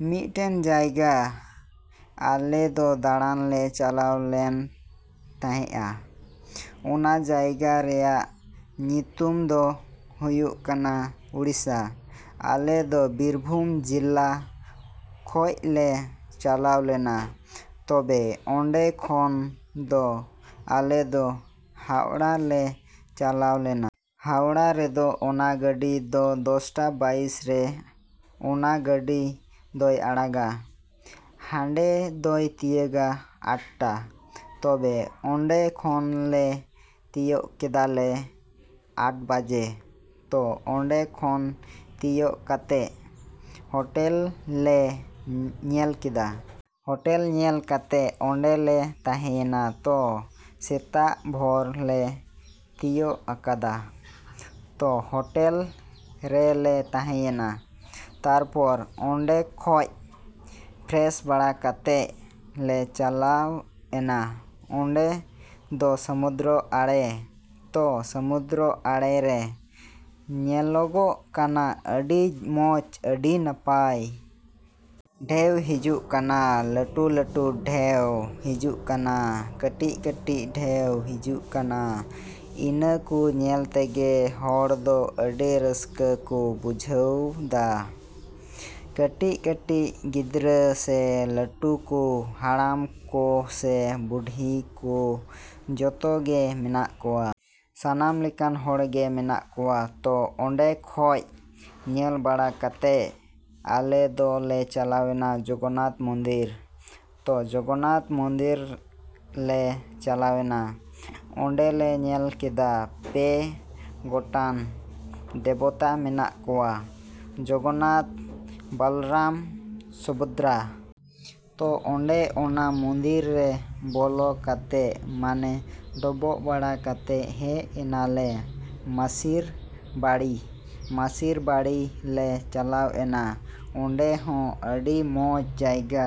‎ᱢᱤᱫᱴᱮᱱ ᱡᱟᱭᱜᱟ ᱟᱞᱮ ᱫᱚ ᱫᱟᱬᱟᱱ ᱞᱮ ᱪᱟᱞᱟᱣ ᱞᱮᱱ ᱛᱟᱸᱦᱮᱜᱼᱟ᱾ ᱚᱱᱟ ᱡᱟᱭᱜᱟ ᱨᱮᱭᱟᱜ ᱧᱩᱛᱩᱢ ᱫᱚ ᱦᱩᱭᱩᱜ ᱠᱟᱱᱟ ᱩᱲᱤᱥᱥᱟ᱾ ᱟᱞᱮ ᱫᱚ ᱵᱤᱨᱵᱷᱩᱢ ᱡᱮᱞᱟ ᱠᱷᱚᱡ ᱞᱮ ᱪᱟᱞᱟᱣ ᱞᱮᱱᱟ᱾ ᱛᱚᱵᱮ ᱚᱱᱰᱮ ᱠᱷᱚᱱ ᱫᱚ ᱟᱞᱮ ᱫᱚ ᱦᱟᱣᱲᱟ ᱞᱮ ᱪᱟᱞᱟᱣ ᱞᱮᱱᱟ᱾ ᱦᱟᱣᱲᱟ ᱨᱮᱫᱚ ᱚᱱᱟ ᱜᱟᱹᱰᱤ ᱫᱚ ᱫᱚᱥᱴᱟ ᱵᱟᱭᱤᱥ ᱨᱮ ᱚᱱᱟ ᱜᱟᱹᱰᱤ ᱫᱚᱭ ᱟᱲᱟᱜᱟ᱾ ᱦᱟᱱᱰᱮ ᱫᱚᱭ ᱛᱤᱭᱳᱜᱟ ᱟᱴᱴᱟ᱾ ᱛᱚᱵᱮ ᱚᱱᱰᱮ ᱠᱷᱚᱱ ᱞᱮ ᱛᱤᱭᱳᱜ ᱠᱮᱫᱟᱞᱮ ᱟᱴ ᱵᱟᱡᱮ᱾ ᱛᱚ ᱚᱱᱰᱮ ᱠᱷᱚᱱ ᱛᱤᱭᱳᱜ ᱠᱟᱛᱮᱜ ᱦᱳᱴᱮᱞ ᱞᱮ ᱧᱮᱞ ᱠᱮᱫᱟ᱾ ᱦᱳᱴᱮᱞ ᱧᱮᱞ ᱠᱟᱛᱮᱜ ᱚᱱᱰᱮ ᱞᱮ ᱛᱟᱸᱦᱮᱭᱮᱱᱟ᱾ ᱛᱚ ᱥᱮᱛᱟᱜ ᱵᱷᱳᱨ ᱞᱮ ᱛᱤᱭᱳᱜ ᱟᱠᱟᱫᱟ᱾ ᱛᱚ ᱦᱳᱴᱮᱞ ᱨᱮ ᱞᱮ ᱛᱟᱸᱦᱮᱭᱮᱱᱟ᱾ ᱛᱟᱨᱯᱚᱨᱮ ᱚᱱᱰᱮ ᱠᱷᱚᱡ ᱯᱷᱮᱨᱮᱥ ᱵᱟᱲᱟ ᱠᱟᱛᱮᱜ ᱞᱮ ᱪᱟᱞᱟᱣ ᱮᱱᱟ ᱚᱱᱰᱮ ᱫᱚ ᱥᱚᱢᱩᱫᱽᱨᱚ ᱟᱲᱮ᱾ ᱛᱚ ᱥᱚᱢᱩᱫᱽᱨᱚ ᱟᱲᱮ ᱨᱮ ᱧᱮᱞᱚᱜᱚᱜ ᱠᱟᱱᱟ ᱟᱹᱰᱤ ᱢᱚᱸᱡ, ᱟᱹᱰᱤ ᱱᱟᱯᱟᱭ᱾ ᱰᱷᱮᱣ ᱦᱤᱡᱩᱜ ᱠᱟᱱᱟ, ᱞᱟᱹᱴᱩ ᱞᱟᱹᱴᱩ ᱰᱷᱮᱣ ᱦᱤᱡᱩᱜ ᱠᱟᱱᱟ, ᱠᱟᱹᱴᱤᱡ ᱠᱟᱹᱴᱤᱡ ᱰᱷᱮᱣ ᱦᱤᱡᱩᱜ ᱠᱟᱱᱟ᱾ ᱤᱱᱟᱹ ᱠᱚ ᱧᱮᱞ ᱛᱮᱜᱮ ᱦᱚᱲ ᱫᱚ ᱟᱹᱰᱤ ᱨᱟᱹᱥᱠᱟᱹ ᱠᱚ ᱵᱩᱡᱷᱟᱹᱣ ᱫᱟ᱾ ᱠᱟᱹᱴᱤᱡ ᱠᱟᱹᱴᱤᱡ ᱜᱤᱫᱽᱨᱟᱹ ᱥᱮ ᱞᱟᱹᱴᱩ ᱠᱚ, ᱦᱟᱲᱟᱢ ᱠᱚ ᱥᱮ ᱵᱩᱰᱷᱤ ᱠᱚ, ᱡᱚᱛᱚ ᱜᱮ ᱢᱮᱱᱟᱜ ᱠᱚᱣᱟ᱾ ᱥᱟᱱᱟᱢ ᱞᱮᱠᱟᱱ ᱦᱚᱲ ᱜᱮ ᱢᱮᱱᱟᱜ ᱠᱚᱣᱟ᱾ ᱛᱚ ᱚᱱᱰᱮ ᱠᱷᱚᱡ ᱧᱮᱞ ᱵᱟᱲᱟ ᱠᱟᱛᱮᱜ ᱟᱞᱮ ᱫᱚ ᱞᱮ ᱪᱟᱞᱟᱣᱱᱟ ᱡᱚᱜᱚᱱᱱᱟᱛᱷ ᱢᱚᱱᱫᱤᱨ᱾ ᱛᱚ ᱡᱚᱜᱚᱱᱱᱟᱛᱷ ᱢᱚᱱᱫᱤᱨ ᱞᱮ ᱪᱟᱞᱟᱣᱱᱟ᱾ ᱚᱱᱰᱮ ᱞᱮ ᱧᱮᱞ ᱠᱮᱫᱟ ᱯᱮ ᱜᱚᱴᱟᱝ ᱫᱮᱵᱚᱛᱟ ᱢᱮᱱᱟᱜ ᱠᱚᱣᱟ ᱡᱚᱜᱚᱱᱱᱟᱛᱷ, ᱵᱚᱞᱨᱟᱢ, ᱥᱩᱵᱷᱚᱫᱽᱨᱟ᱾ ᱛᱚ ᱚᱱᱰᱮ ᱚᱱᱟ ᱢᱚᱱᱫᱤᱨ ᱨᱮ ᱵᱚᱞᱚ ᱠᱟᱛᱮᱜ ᱢᱟᱱᱮ ᱰᱚᱵᱚᱜ ᱵᱟᱲᱟ ᱠᱟᱛᱮᱜ ᱦᱮᱡ ᱮᱱᱟᱞᱮ ᱢᱟᱥᱤᱨ ᱵᱟᱲᱤ᱾ ᱢᱟᱥᱤᱨ ᱵᱟᱲᱤ ᱞᱮ ᱪᱟᱞᱟᱣ ᱮᱱᱟ᱾ ᱚᱱᱰᱮ ᱦᱚᱸ ᱟᱹᱰᱤ ᱢᱚᱸᱡ ᱡᱟᱭᱜᱟ,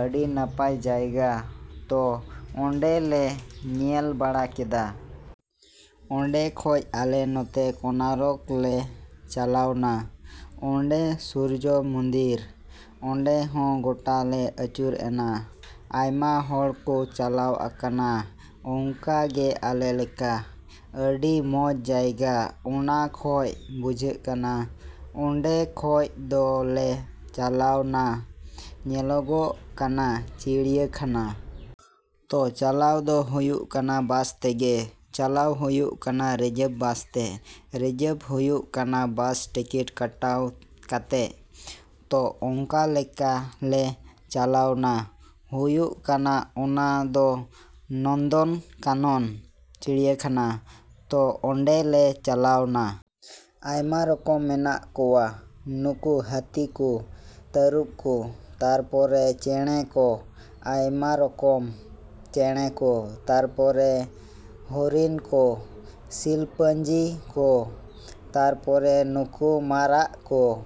ᱟᱹᱰᱤ ᱱᱟᱯᱟᱭ ᱡᱟᱭᱜᱟ᱾ ᱛᱚ ᱚᱱᱰᱮ ᱞᱮ ᱧᱮᱞ ᱵᱟᱲᱟ ᱠᱮᱫᱟ᱾ ᱚᱱᱰᱮ ᱠᱷᱚᱡ ᱟᱞᱮ ᱱᱚᱛᱮ ᱠᱳᱱᱟᱨᱚᱠ ᱞᱮ ᱪᱟᱞᱟᱣᱱᱟ ᱚᱱᱰᱮ ᱥᱩᱨᱡᱚ ᱢᱚᱱᱫᱤᱨ᱾ ᱚᱱᱰᱮ ᱦᱚᱸ ᱜᱚᱴᱟ ᱞᱮ ᱟᱹᱪᱩᱨ ᱮᱱᱟ᱾ ᱟᱭᱢᱟ ᱦᱚᱲ ᱠᱚ ᱪᱟᱞᱟᱣ ᱟᱠᱟᱱᱟ ᱚᱱᱠᱟ ᱜᱮ ᱟᱞᱮ ᱞᱮᱠᱟ᱾ ᱟᱹᱰᱤ ᱢᱚᱸᱡ ᱡᱟᱭᱜᱟ ᱚᱱᱟ ᱠᱷᱚᱡ ᱵᱩᱡᱷᱟᱹᱜ ᱠᱟᱱᱟ᱾ ᱚᱱᱰᱮ ᱠᱷᱚᱡ ᱫᱚ ᱞᱮ ᱪᱟᱞᱟᱣᱱᱟ ᱧᱮᱞᱚᱜᱚᱜ ᱠᱟᱱᱟ ᱪᱤᱲᱭᱟᱠᱷᱟᱱᱟ᱾ ᱛᱚ ᱪᱟᱞᱟᱣ ᱫᱚ ᱦᱩᱭᱩᱜ ᱠᱟᱱᱟ ᱵᱟᱥ ᱛᱮᱜᱮ ᱪᱟᱞᱟᱣ ᱦᱩᱭᱩᱜ ᱠᱟᱱᱟ ᱨᱤᱡᱟᱨᱵᱷ ᱵᱟᱥ ᱛᱮ᱾ ᱨᱤᱡᱟᱨᱵᱷ ᱦᱩᱭᱩᱜ ᱠᱟᱱᱟ ᱵᱟᱥ ᱴᱤᱠᱤᱴ ᱠᱟᱴᱟᱣ ᱠᱟᱛᱮᱜ᱾ ᱛᱚ ᱚᱱᱠᱟ ᱞᱮᱠᱟ ᱞᱮ ᱪᱟᱞᱟᱣᱱᱟ᱾ ᱦᱩᱭᱩᱜ ᱠᱟᱱᱟ ᱚᱱᱟ ᱫᱚ ᱱᱚᱱᱫᱚᱱᱠᱟᱱᱚᱱ ᱪᱤᱲᱭᱟᱠᱷᱟᱱᱟ᱾ ᱛᱚ ᱚᱱᱰᱮ ᱞᱮ ᱪᱟᱞᱟᱣᱱᱟ᱾ ᱟᱭᱢᱟ ᱨᱚᱠᱚᱢ ᱢᱮᱱᱟᱜ ᱠᱚᱣᱟ ᱱᱩᱠᱩ ᱦᱟᱹᱛᱤ ᱠᱚ, ᱛᱟᱹᱨᱩᱵᱽ ᱠᱚ᱾ ᱛᱟᱨᱯᱚᱨᱮ ᱪᱮᱬᱮ ᱠᱚ, ᱟᱭᱢᱟ ᱨᱚᱠᱚᱢ ᱪᱮᱬᱮ ᱠᱚ᱾ ᱛᱟᱨᱯᱚᱨᱮ ᱦᱚᱨᱤᱱ ᱠᱚ, ᱥᱤᱞᱯᱟᱧᱡᱤ ᱠᱚ᱾ ᱛᱟᱨᱯᱚᱨᱮ ᱱᱩᱠᱩ ᱢᱟᱨᱟᱜ ᱠᱚ,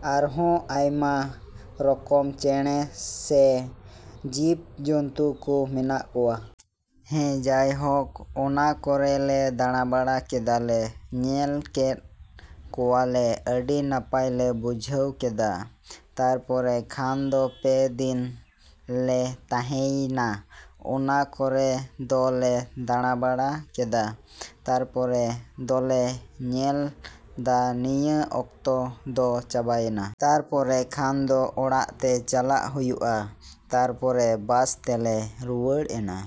ᱟᱨᱦᱚᱸ ᱟᱭᱢᱟ ᱨᱚᱠᱚᱢ ᱪᱮᱬᱮ ᱥᱮ ᱡᱤᱵᱽ ᱡᱚᱱᱛᱩ ᱠᱚ ᱢᱮᱱᱟᱜ ᱠᱚᱣᱟ᱾ ᱦᱮᱸ, ᱡᱟᱭᱦᱳᱠ ᱚᱱᱟ ᱠᱚᱨᱮ ᱞᱮ ᱫᱟᱬᱟᱵᱟᱲᱟ ᱠᱮᱫᱟᱞᱮ, ᱧᱮᱞ ᱠᱮᱜ ᱠᱚᱣᱟᱞᱮ, ᱟᱹᱰᱤ ᱱᱟᱯᱟᱭ ᱞᱮ ᱵᱩᱡᱷᱟᱹᱣ ᱠᱮᱫᱟ᱾ ᱛᱟᱨᱯᱚᱨᱮ ᱠᱷᱟᱱ ᱫᱚ ᱯᱮ ᱫᱤᱱ ᱞᱮ ᱛᱟᱸᱦᱮᱭ ᱱᱟ ᱚᱱᱟ ᱠᱚᱨᱮ ᱫᱚ ᱞᱮ ᱫᱟᱬᱟᱵᱟᱬᱟ ᱠᱮᱫᱟ᱾ ᱛᱟᱨᱯᱚᱨᱮ ᱫᱚᱞᱮ ᱧᱮᱞ ᱫᱟ ᱱᱤᱭᱟᱹ ᱚᱠᱛᱚ ᱫᱚ ᱪᱟᱵᱟᱭᱮᱱᱟ᱾ ᱛᱟᱨᱯᱚᱨᱮ ᱠᱷᱟᱱ ᱫᱚ ᱚᱲᱟᱜ ᱛᱮ ᱪᱟᱞᱟᱜ ᱦᱩᱭᱩᱜᱼᱟ᱾ ᱛᱟᱨᱯᱚᱨᱮ ᱵᱟᱥ ᱛᱮᱞᱮ ᱨᱩᱣᱟ‌.ᱲ ᱮᱱᱟ᱾